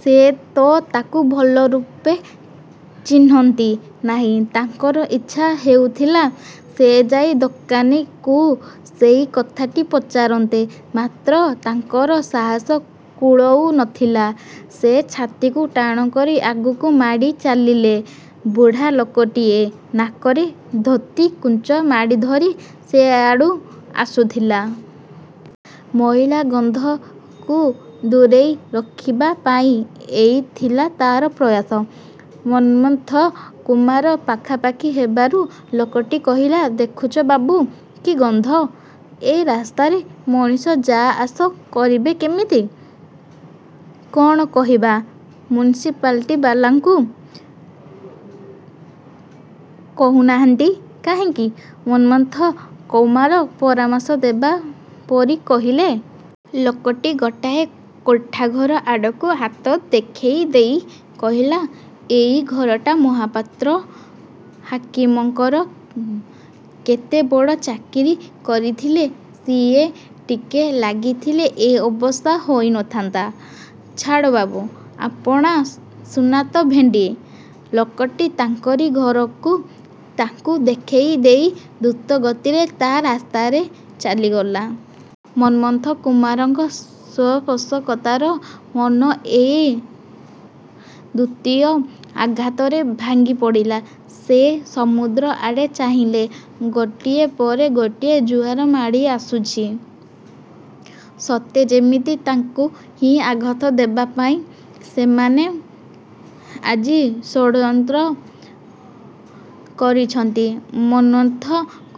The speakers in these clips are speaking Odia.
ସେ ତ ତାକୁ ଭଲ ରୂପେ ଚିହ୍ନନ୍ତି ନାହିଁ! ତାଙ୍କର ଇଚ୍ଛା ହେଉଥିଲା, ସେ ଯାଇ ଦୋକାନୀକୁ ସେଇ କଥାଟି ପଚାରନ୍ତେ। ମାତ୍ର ତାଙ୍କର ସାହସ କୁଳଉ ନଥିଲା। ସେ ଛାତିକୁ ଟାଣ କରି ଆଗକୁ ମାଡ଼ି ଚାଲିଲେ। ବୁଢ଼ା ଲୋକଟିଏ ନାକରେ ଧୋତିକୁଞ୍ଚ ମାଡ଼ିଧରି ସେଆଡ଼ୁ ଆସୁଥିଲା। ମଇଳା ଗନ୍ଧକୁ ଦୂରେଇ ରଖିବା ପାଇ ଏଇ ଥିଲା ତାର ପ୍ରୟାସ। ମନ୍ମଥ କୁମାର ପାଖାପାଖି ହେବାରୁ ଲୋକଟି କହିଲା, "ଦେଖୁଛ ବାବୁ, କି ଗନ୍ଧ! ଏ ରାସ୍ତାରେ ମଣିଷ ଯା ଆସ କରିବେ କେମିତି?" "କଣ କହିବା! ମ୍ୟୁନିସିପାଲିଟିବାଲାଙ୍କୁ କହୁନାହାନ୍ତି କାହିଁକି?" ମନ୍ମଥ କୁମାର ପରାମର୍ଶ ଦେବା ପରି କହିଲେ। ଲୋକଟି ଗୋଟାଏ କୋଠାଘର ଆଡ଼କୁ ହାତ ଦେଖେଇ ଦେଇ କହିଲା, "ଏଇ ଘରଟା ମହାପାତ୍ର ହାକିମଙ୍କର। କେତେ ବଡ଼ ଚାକିରି କରିଥିଲେ! ସିଏ ଟିକେ ଲାଗିଥିଲେ ଏ ଅବସ୍ଥା ହୋଇନଥାନ୍ତା! ଛାଡ଼ ବାବୁ । ଆପଣା ସୁନା ତ ଭେଣ୍ଡି!" ଲୋକଟି ତାଙ୍କରି ଘରକୁ ତାଙ୍କୁ ଦେଖେଇ ଦେଇ ଦ୍ରୁତ ଗତିରେ ତା ରାସ୍ତାରେ ଚାଲିଗଲା। ମନ୍ମଥ କୁମାରଙ୍କ ସ୍ପର୍ଶକାତର ମନ ଏଇ ଦ୍ୱିତୀୟ ଆଘାତରେ ଭାଙ୍ଗିପଡ଼ିଲା। ସେ ସମୁଦ୍ର ଆଡ଼େ ଚାହିଁଲେ। ଗୋଟିଏ ପରେ ଗୋଟିଏ ଜୁଆର ମାଡ଼ି ଆସୁଛି। ସତେ ଯେମିତି ତାଙ୍କୁ ହିଁ ଆଘାତ ଦେବା ପାଇଁ ସେମାନେ ଆଜି ଷଡ୍ଯନ୍ତ୍ର କରିଛନ୍ତି। ମନ୍ମଥ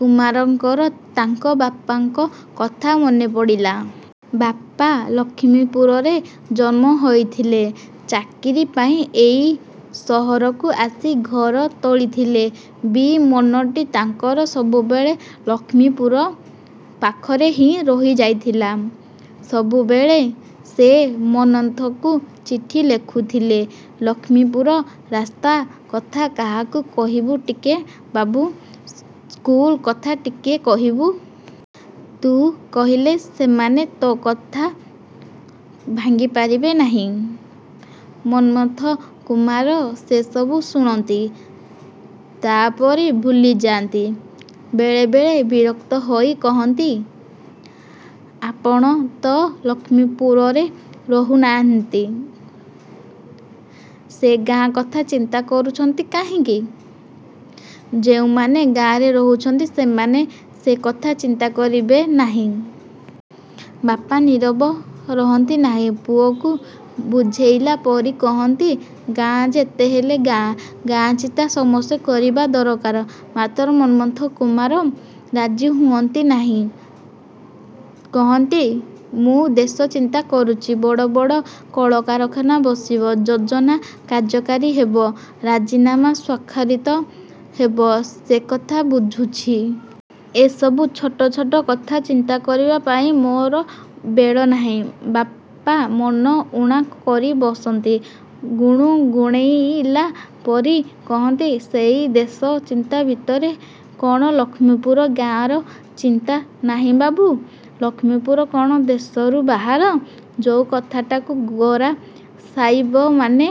କୁମାରଙ୍କର ତାଙ୍କ ବାପାଙ୍କ କଥା ମନେ ପଡ଼ିଲା। ବାପା ଲକ୍ଷ୍ମୀପୁରରେ ଜନ୍ମ ହୋଇଥିଲେ। ଚାକିରି ପାଇଁ ଏଇ ସହରକୁ ଆସି ଘର ତୋଳିଥିଲେ ବି ମନଟି ତାଙ୍କର ସବୁବେଳେ ଲକ୍ଷ୍ମୀପୁର ପାଖରେ ହିଁ ରହିଯାଇଥିଲା। ସବୁବେଳେ ସେ ମନ୍ମଥଙ୍କୁ ଚିଠି ଲେଖୁଥିଲେ, "ଲକ୍ଷ୍ମୀପୁର ରାସ୍ତା କଥା କାହାକୁ କହିବୁ ଟିକେ ବାବୁ, ସ୍କୁଲ କଥା ଟିକିଏ କହିବୁ। ତୁ କହିଲେ ସେମାନେ ତୋ କଥା ଭାଙ୍ଗିପାରିବେ ନାହିଁ।" ମନ୍ମଥ କୁମାର ସେସବୁ ଶୁଣନ୍ତି, ତାପରେ ଭୁଲିଯାଆନ୍ତି। ବେଳେ ବେଳେ ବିରକ୍ତ ହୋଇ କହନ୍ତି, "ଆପଣ ତ ଲକ୍ଷ୍ମୀପୁରରେ ରହୁନାହାନ୍ତି। ସେ ଗାଁ କଥା ଚିନ୍ତା କରୁଛନ୍ତି କାହିଁକି? ଯୋଉମାନେ ଗାଁରେ ରହୁଛନ୍ତି ସେମାନେ ସେକଥା ଚିନ୍ତା କରିବେ ନାହିଁ!" ବାପା ନିରବ ରହନ୍ତି ନାହିଁ। ପୁଅକୁ ବୁଝେଇଲା ପରି କହନ୍ତି, "ଗାଁ ଯେତେହେଲେ ଗାଁ। ଗାଁ ଚିନ୍ତା ସମସ୍ତେ କରିବା ଦରକାର।"ମାତ୍ର ମନ୍ମଥ କୁମାର ରାଜି ହୁଅନ୍ତି ନାହିଁ। କହନ୍ତି, "ମୁଁ ଦେଶ ଚିନ୍ତା କରୁଛି। ବଡ଼ ବଡ଼ କଳକାରଖାନା ବସିବ, ଯୋଜନା କାର୍ଯ୍ୟକାରୀ ହେବ, ରାଜିନାମା ସ୍ୱାକ୍ଷରିତ ହେବ, ସେକଥା ବୁଝୁଛି। ଏସବୁ ଛୋଟ ଛୋଟ କଥା ଚିନ୍ତା କରିବା ପାଇଁ ମୋର ବେଳ ନାହିଁ।"ବାପା ମନ ଊଣା କରି ବସନ୍ତି। ଗୁଣୁଗୁଣେଇଲା ପରି କହନ୍ତି, "ସେଇ ଦେଶ ଚିନ୍ତା ଭିତରେ କଣ ଲକ୍ଷ୍ମୀପୁର ଗାଁର ଚିନ୍ତା ନାହିଁ ବାବୁ? ଲକ୍ଷ୍ମୀପୁର କଣ ଦେଶରୁ ବାହାର? ଯୋଉ କଥାଟାକୁ ଗୋରା ସାଇବମାନେ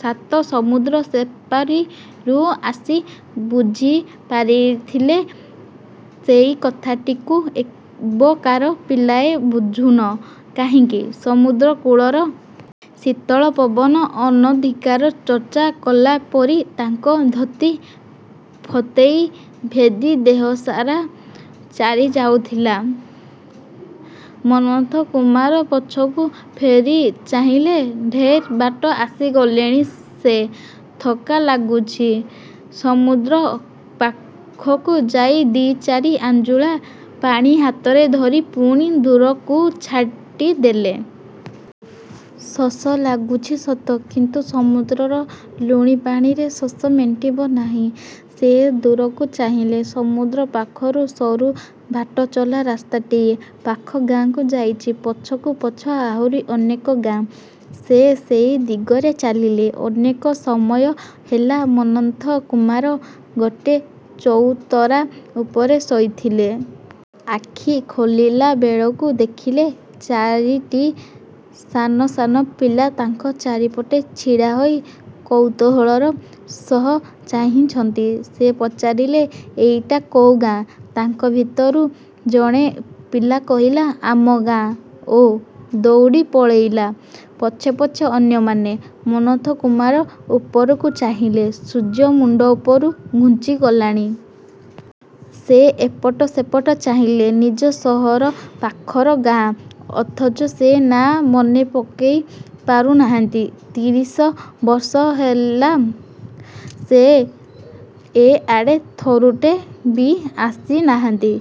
ସାତ ସମୁଦ୍ର ସେପାରିରୁ ଆସି ବୁଝିପାରିଥିଲେ ସେଇ କଥାଟିକୁ ଏବକାର ପିଲାଏ ବୁଝୁନ କାହିଁକି?"ସମୁଦ୍ରକୂଳର ଶୀତଳ ପବନ ଅନଧିକାର ଚର୍ଚ୍ଚା କଲା ପରି ତାଙ୍କ ଧୋତି, ଫତେଇ ଭେଦି ଦେହସାରା ଚରିଯାଉଥିଲା। ମନ୍ମଥ କୁମାର ପଛକୁ ଫେରି ଚାହିଁଲେ। ଢେର୍ ବାଟ ଆସିଗଲେଣି ସେ। ଥକ୍କା ଲାଗୁଛି। ସମୁଦ୍ର ପାଖକୁ ଯାଇ ଦି' ଚାରି ଆଞ୍ଜୁଳା ପାଣି ହାତରେ ଧରି ପୁଣି ଦୂରକୁ ଛାଟିଦେଲେ। ଶୋଷ ଲାଗୁଛି ସତ, କିନ୍ତୁ ସମୁଦ୍ରର ଲୁଣି ପାଣିରେ ଶୋଷ ମେଣ୍ଟିବ ନାହିଁ। ସେ ଦୂରକୁ ଚାହିଁଲେ, ସମୁଦ୍ର ପାଖରୁ ସରୁ ବାଟଚଲା ରାସ୍ତାଟିଏ ପାଖ ଗାଁକୁ ଯାଇଛି। ପଛକୁ ପଛ ଆହୁରି ଅନେକ ଗାଁ। ସେ ସେଇ ଦିଗରେ ଚାଲିଲେ। ଅନେକ ସମୟ ହେଲା ମନ୍ମଥ କୁମାର ଗୋଟେ ଚଉତରା ଉପରେ ଶୋଇଥିଲେ। ଆଖି ଖୋଲିଲାବେଳକୁ ଦେଖିଲେ, ଚାରିଟି ସାନ ସାନ ପିଲା ତାଙ୍କ ଚାରିପଟେ ଛିଡ଼ାହୋଇ କୌତୂହଳର ସହ ଚାହିଁଛନ୍ତି। ସେ ପଚାରିଲେ, "ଏଇଟା କୋଉ ଗାଁ?"ତାଙ୍କ ଭିତରୁ ଜଣେ ପିଲା କହିଲା, "ଆମ ଗାଁ" ଓ ଦଉଡ଼ି ପଳେଇଲା। ପଛେ ପଛେ ଅନ୍ୟମାନେ। ମନ୍ମଥ କୁମାର ଉପରକୁ ଚାହିଁଲେ, ସୂର୍ଯ୍ୟ ମୁଣ୍ଡ ଉପରୁ ଘୁଞ୍ଚିଗଲାଣି। ସେ ଏପଟ ସେପଟ ଚାହିଁଲେ। ନିଜ ସହର ପାଖର ଗାଁ, ଅଥଚ ସେ ନାଁ ମନେପକେଇ ପାରୁ ନାହାନ୍ତି। ତିରିଶ ବର୍ଷ ହେଲା ସେ ଏ ଆଡ଼େ ଥରୁଟେ ବି ଆସିନାହାନ୍ତି।